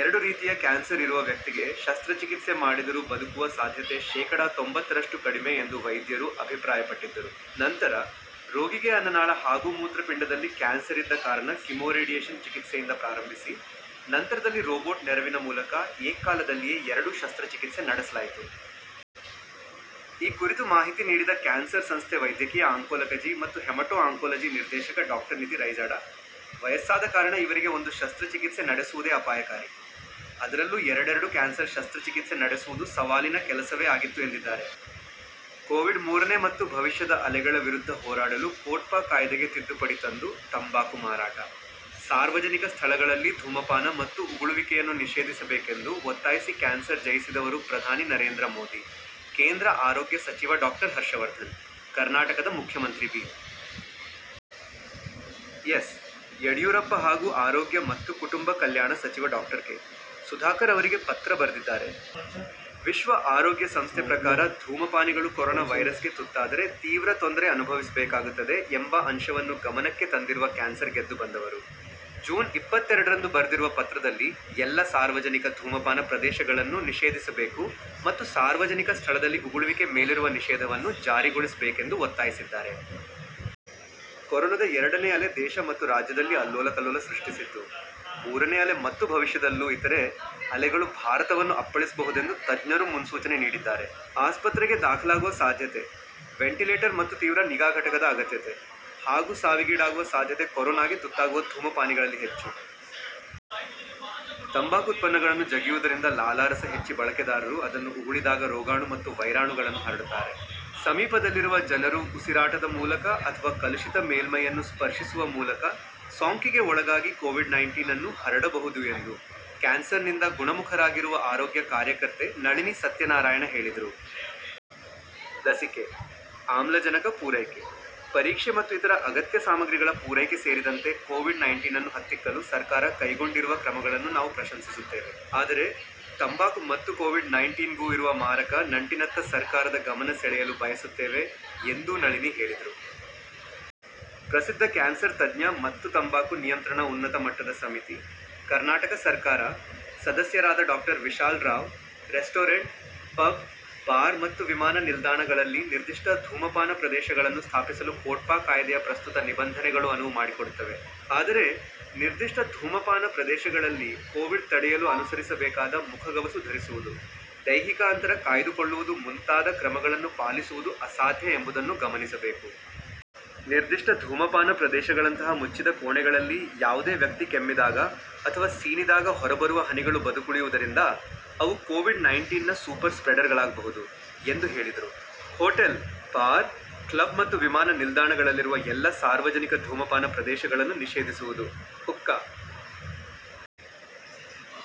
ಎರಡು ರೀತಿಯ ಕ್ಯಾನ್ಸರ್ ಇರುವ ವ್ಯಕ್ತಿಗೆ ಶಸ್ತ್ರಚಿಕಿತ್ಸೆ ಮಾಡಿದರೂ ಬದುಕುವ ಸಾಧ್ಯತೆ ಶೇಕಡಾ ತೊಂಬತ್ತರಷ್ಟು ಕಡಿಮೆ ಎಂದು ವೈದ್ಯರು ಅಭಿಪ್ರಾಯಪಟ್ಟಿದ್ದರು. ನಂತರ, ರೋಗಿಗೆ ಅನ್ನನಾಳ ಹಾಗೂ ಮೂತ್ರಪಿಂಡದಲ್ಲಿ ಕ್ಯಾನ್ಸರ್ ಇದ್ದ ಕಾರಣ ಕಿಮೋರೇಡಿಯೇಶನ್ ಚಿಕಿತ್ಸೆಯಿಂದ ಪ್ರಾರಂಭಿಸಿ, ನಂತರದಲ್ಲಿ ರೋಬೋಟ್ ನೆರವಿನ ಮೂಲಕ ಏಕಕಾಲದಲ್ಲಿಯೇ ಎರಡೂ ಶಸ್ತ್ರಚಿಕಿತ್ಸೆ ನಡೆಸಲಾಯಿತು. ಈ ಕುರಿತು ಮಾಹಿತಿ ನೀಡಿದ ಕ್ಯಾನ್ಸರ್ ಸಂಸ್ಥೆ ವೈದ್ಯಕೀಯ ಆಂಕೋಲಕಜಿ ಮತ್ತು ಹೆಮಟೋ ಆಂಕೋಲಜಿ ನಿರ್ದೇಶಕ ಡಾಕ್ಟರ್ ನಿತಿ ರೈಜಾಡಾ, ವಯಸ್ಸಾದ ಕಾರಣ ಇವರಿಗೆ ಒಂದು ಶಸ್ತ್ರಚಿಕಿತ್ಸೆ ನಡೆಸುವುದೇ ಅಪಾಯಕಾರಿ. ಅದರಲ್ಲೂ ಎರಡೆರಡು ಕ್ಯಾನ್ಸರ್ ಶಸ್ತ್ರಚಿಕಿತ್ಸೆ ನಡೆಸುವುದು ಸವಾಲಿನ ಕೆಲಸವೇ ಆಗಿತ್ತು ಎಂದಿದ್ದಾರೆ. ಕೋವಿಡ್ ಮೂರನೇ ಮತ್ತು ಭವಿಷ್ಯದ ಅಲೆಗಳ ವಿರುದ್ಧ ಹೋರಾಡಲು ಕೋಟ್ಪಾ ಕಾಯ್ದೆಗೆ ತಿದ್ದುಪಡಿ ತಂದು ತಂಬಾಕು ಮಾರಾಟ, ಸಾರ್ವಜನಿಕ ಸ್ಥಳಗಳಲ್ಲಿ ಧೂಮಪಾನ ಮತ್ತು ಉಗುಳುವಿಕೆಯನ್ನು ನಿಷೇಧಿಸಬೇಕೆಂದು ಒತ್ತಾಯಿಸಿ ಕ್ಯಾನ್ಸರ್ ಜಯಿಸಿದವರು ಪ್ರಧಾನಿ ನರೇಂದ್ರ ಮೋದಿ, ಕೇಂದ್ರ ಆರೋಗ್ಯ ಸಚಿವ ಡಾಕ್ಟರ್ ಹರ್ಷವರ್ಧನ್, ಕರ್ನಾಟಕದ ಮುಖ್ಯಮಂತ್ರಿ ಬಿ. ಎಸ್. ಯಡಿಯೂರಪ್ಪ ಹಾಗು ಆರೋಗ್ಯ ಮತ್ತು ಕುಟುಂಬ ಕಲ್ಯಾಣ ಸಚಿವ ಡಾಕ್ಟರ್ ಕೆ. ಸುಧಾಕರ್ ಅವರಿಗೆ ಪತ್ರ ಬರೆದಿದ್ದಾರೆ. ವಿಶ್ವ ಆರೋಗ್ಯ ಸಂಸ್ಥೆ ಪ್ರಕಾರ ಧೂಮಪಾನಿಗಳು ಕೊರೊನ ವೈರಸ್ ಗೆ ತುತ್ತಾದರೆ ತೀವ್ರ ತೊಂದರೆ ಅನುಭವಿಸಬೇಕಾಗುತ್ತದೆ ಎಂಬ ಅಂಶವನ್ನು ಗಮನಕ್ಕೆ ತಂದಿರುವ ಕ್ಯಾನ್ಸರ್ ಗೆದ್ದು ಬಂದವರು, ಜೂನ್ ಇಪ್ಪತ್ತೆರಡರಂದು ಬರೆದಿರುವ ಪತ್ರದಲ್ಲಿ ಎಲ್ಲ ಸಾರ್ವಜನಿಕ ಧೂಮಪಾನ ಪ್ರದೇಶಗಳನ್ನು ನಿಷೇಧಿಸಬೇಕು ಮತ್ತು ಸಾರ್ವಜನಿಕ ಸ್ಥಳದಲ್ಲಿ ಉಗುಳುವಿಕೆ ಮೇಲಿರುವ ನಿಷೇಧವನ್ನು ಜಾರಿಗೊಳಿಸಬೇಕೆಂದು ಒತ್ತಾಯಿಸಿದ್ದಾರೆ. ಕೊರೊನದ ಎರಡನೇ ಅಲೆ ದೇಶ ಮತ್ತು ರಾಜ್ಯದಲ್ಲಿ ಅಲ್ಲೋಲಕಲ್ಲೋಲ ಸೃಷ್ಟಿಸಿದ್ದು, ಮೂರನೇ ಅಲೆ ಮತ್ತು ಭವಿಷ್ಯದಲ್ಲೂ ಇತರೆ ಅಲೆಗಳು ಭಾರತವನ್ನು ಅಪ್ಪಳಿಸಬಹುದೆಂದು ತಜ್ಞರು ಮುನ್ಸೂಚನೆ ನೀಡಿದ್ದಾರೆ. ಆಸ್ಪತ್ರೆಗೆ ದಾಖಲಾಗುವ ಸಾಧ್ಯತೆ, ವೆಂಟಿಲೇಟರ್ ಮತ್ತು ತೀವ್ರ ನಿಗಾ ಘಟಕದ ಅಗತ್ಯತೆ, ಹಾಗು ಸಾವಿಗೀಡಾಗುವ ಸಾಧ್ಯತೆ ಕೊರೋನಾಗೆ ತುತ್ತಾಗುವ ಧೂಮಪಾನಿಗಳಲ್ಲಿ ಹೆಚ್ಚು. ತಂಬಾಕು ಉತ್ಪನ್ನಗಳನ್ನು ಜಗಿಯುವುದರಿಂದ ಲಾಲಾರಸ ಹೆಚ್ಚಿ ಬಳಕೆದಾರರು ಅದನ್ನು ಉಗುಳಿದಾಗ ರೋಗಾಣು ಮತ್ತು ವೈರಾಣುಗಳನ್ನು ಹರಡುತ್ತಾರೆ. ಸಮೀಪದಲ್ಲಿರುವ ಜನರು ಉಸಿರಾಟದ ಮೂಲಕ ಅಥವಾ ಕಲುಷಿತ ಮೇಲ್ಮೈಯನ್ನು ಸ್ಪರ್ಶಿಸುವ ಮೂಲಕ ಸೋಂಕಿಗೆ ಒಳಗಾಗಿ ಕೋವಿಡ್ ನೈಂಟೀನ್ ಅನ್ನು ಹರಡಬಹುದು ಎಂದು ಕ್ಯಾನ್ಸರ್ ನಿಂದ ಗುಣಮುಖರಾಗಿರುವ ಆರೋಗ್ಯ ಕಾರ್ಯಕರ್ತೆ ನಳಿನಿ ಸತ್ಯನಾರಾಯಣ ಹೇಳಿದರು. ಲಸಿಕೆ, ಆಮ್ಲಜನಕ ಪೂರೈಕೆ, ಪರೀಕ್ಷೆ ಮತ್ತು ಇತರ ಅಗತ್ಯ ಸಾಮಗ್ರಿಗಳ ಪೂರೈಕೆ ಸೇರಿದಂತೆ ಕೋವಿಡ್ ನೈಂಟೀನ್ ಅನ್ನು ಹತ್ತಿಕ್ಕಲು ಸರ್ಕಾರ ಕೈಗೊಂಡಿರುವ ಕ್ರಮಗಳನ್ನು ನಾವು ಪ್ರಶಂಸಿಸುತ್ತೇವೆ. ಆದರೆ, ತಂಬಾಕು ಮತ್ತು ಕೋವಿಡ್ ನೈಂಟೀನ್ ಗೂ ಇರುವ ಮಾರಕ ನಂಟಿನತ್ತ ಸರ್ಕಾರದ ಗಮನ ಸೆಳೆಯಲು ಬಯಸುತ್ತೇವೆ ಎಂದೂ ನಳಿನಿ ಹೇಳಿದರು. ಪ್ರಸಿದ್ಧ ಕ್ಯಾನ್ಸರ್ ತಜ್ಞ ಮತ್ತು ತಂಬಾಕು ನಿಯಂತ್ರಣ ಉನ್ನತ ಮಟ್ಟದ ಸಮಿತಿ, ಕರ್ನಾಟಕ ಸರ್ಕಾರ, ಸದಸ್ಯರಾದ doctor Vishal Rao, restaurant, pub, bar ಮತ್ತು ವಿಮಾನ ನಿಲ್ದಾಣಗಳಲ್ಲಿ ನಿರ್ದಿಷ್ಟ ಧೂಮಪಾನ ಪ್ರದೇಶಗಳನ್ನು ಸ್ಥಾಪಿಸಲು ಕೋಟ್ಪಾ ಕಾಯ್ದೆಯ ಪ್ರಸ್ತುತ ನಿಬಂಧನೆಗಳು ಅನುವು ಮಾಡಿಕೊಡುತ್ತವೆ. ಆದರೆ, ನಿರ್ದಿಷ್ಟ ಧೂಮಪಾನ ಪ್ರದೇಶಗಳಲ್ಲಿ ಕೋವಿಡ್ ತಡೆಯಲು ಅನುಸರಿಸಬೇಕಾದ ಮುಖಗವಸು ಧರಿಸುವುದು, ದೈಹಿಕ ಅಂತರ ಕಾಯ್ದುಕೊಳ್ಳುವುದು ಮುಂತಾದ ಕ್ರಮಗಳನ್ನು ಪಾಲಿಸುವುದು ಅಸಾಧ್ಯ ಎಂಬುದನ್ನು ಗಮನಿಸಬೇಕು. ನಿರ್ದಿಷ್ಟ ಧೂಮಪಾನ ಪ್ರದೇಶಗಳಂತಹ ಮುಚ್ಚಿದ ಕೋಣೆಗಳಲ್ಲಿ ಯಾವುದೇ ವ್ಯಕ್ತಿ ಕೆಮ್ಮಿದಾಗ ಅಥವ ಸೀನಿದಾಗ ಹೊರಬರುವ ಹನಿಗಳು ಬದುಕುಳಿಯುವುದರಿಂದ ಅವು ಕೋವಿಡ್ ನೈಂಟೀನ್ ನ ಸೂಪರ್ ಸ್ಪ್ರೆಡರ್ಗಳಾಗಬಹುದು, ಎಂದು ಹೇಳಿದರು. ಹೋಟೆಲ್, ಬಾರ್, ಕ್ಲಬ್ ಮತ್ತು ವಿಮಾನ ನಿಲ್ದಾಣಗಳಲ್ಲಿರುವ ಎಲ್ಲ ಸಾರ್ವಜನಿಕ ಧೂಮಪಾನ ಪ್ರದೇಶಗಳನ್ನು ನಿಷೇಧಿಸುವುದು, ಹುಕ್ಕಾ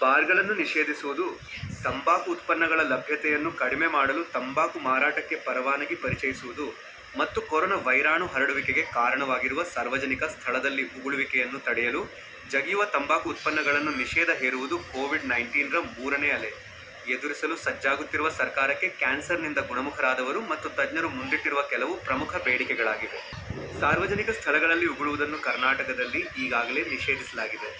ಬಾರ್ಗಳನ್ನು ನಿಷೇಧಿಸುವುದು, ತಂಬಾಕು ಉತ್ಪನ್ನಗಳ ಲಭ್ಯತೆಯನ್ನು ಕಡಿಮೆ ಮಾಡಲು ತಂಬಾಕು ಮಾರಾಟಕ್ಕೆ ಪರವಾನಗಿ ಪರಿಚಯಿಸುವುದು ಮತ್ತು ಕೊರೊನ ವೈರಾಣು ಹರಡುವಿಕೆಗೆ ಕಾರಣವಾಗಿರುವ ಸಾರ್ವಜನಿಕ ಸ್ಥಳದಲ್ಲಿ ಉಗುಳುವಿಕೆಯನ್ನು ತಡೆಯಲು ಜಗಿಯುವ ತಂಬಾಕು ಉತ್ಪನ್ನಗಳನ್ನು ನಿಷೇಧ ಹೇರುವುದು ಕೋವಿಡ್ ನೈಂಟೀನ್ ರ ಮೂರನೇ ಅಲೆ ಎದುರಿಸಲು ಸಜ್ಜಾಗುತ್ತಿರುವ ಸರ್ಕಾರಕ್ಕೆ ಕ್ಯಾನ್ಸರ್ ನಿಂದ ಗುಣಮುಖರಾದವರು ಮತ್ತು ತಜ್ಞರು ಮುಂದಿಟ್ಟಿರುವ ಕೆಲವು ಪ್ರಮುಖ ಬೇಡಿಕೆಗಳಾಗಿವೆ. ಸಾರ್ವಜನಿಕ ಸ್ಥಳಗಳಲ್ಲಿ ಉಗುಳುವುದನ್ನು ಕರ್ನಾಟಕದಲ್ಲಿ ಈಗಾಗಲೇ ನಿಷೇಧಿಸಲಾಗಿದೆ.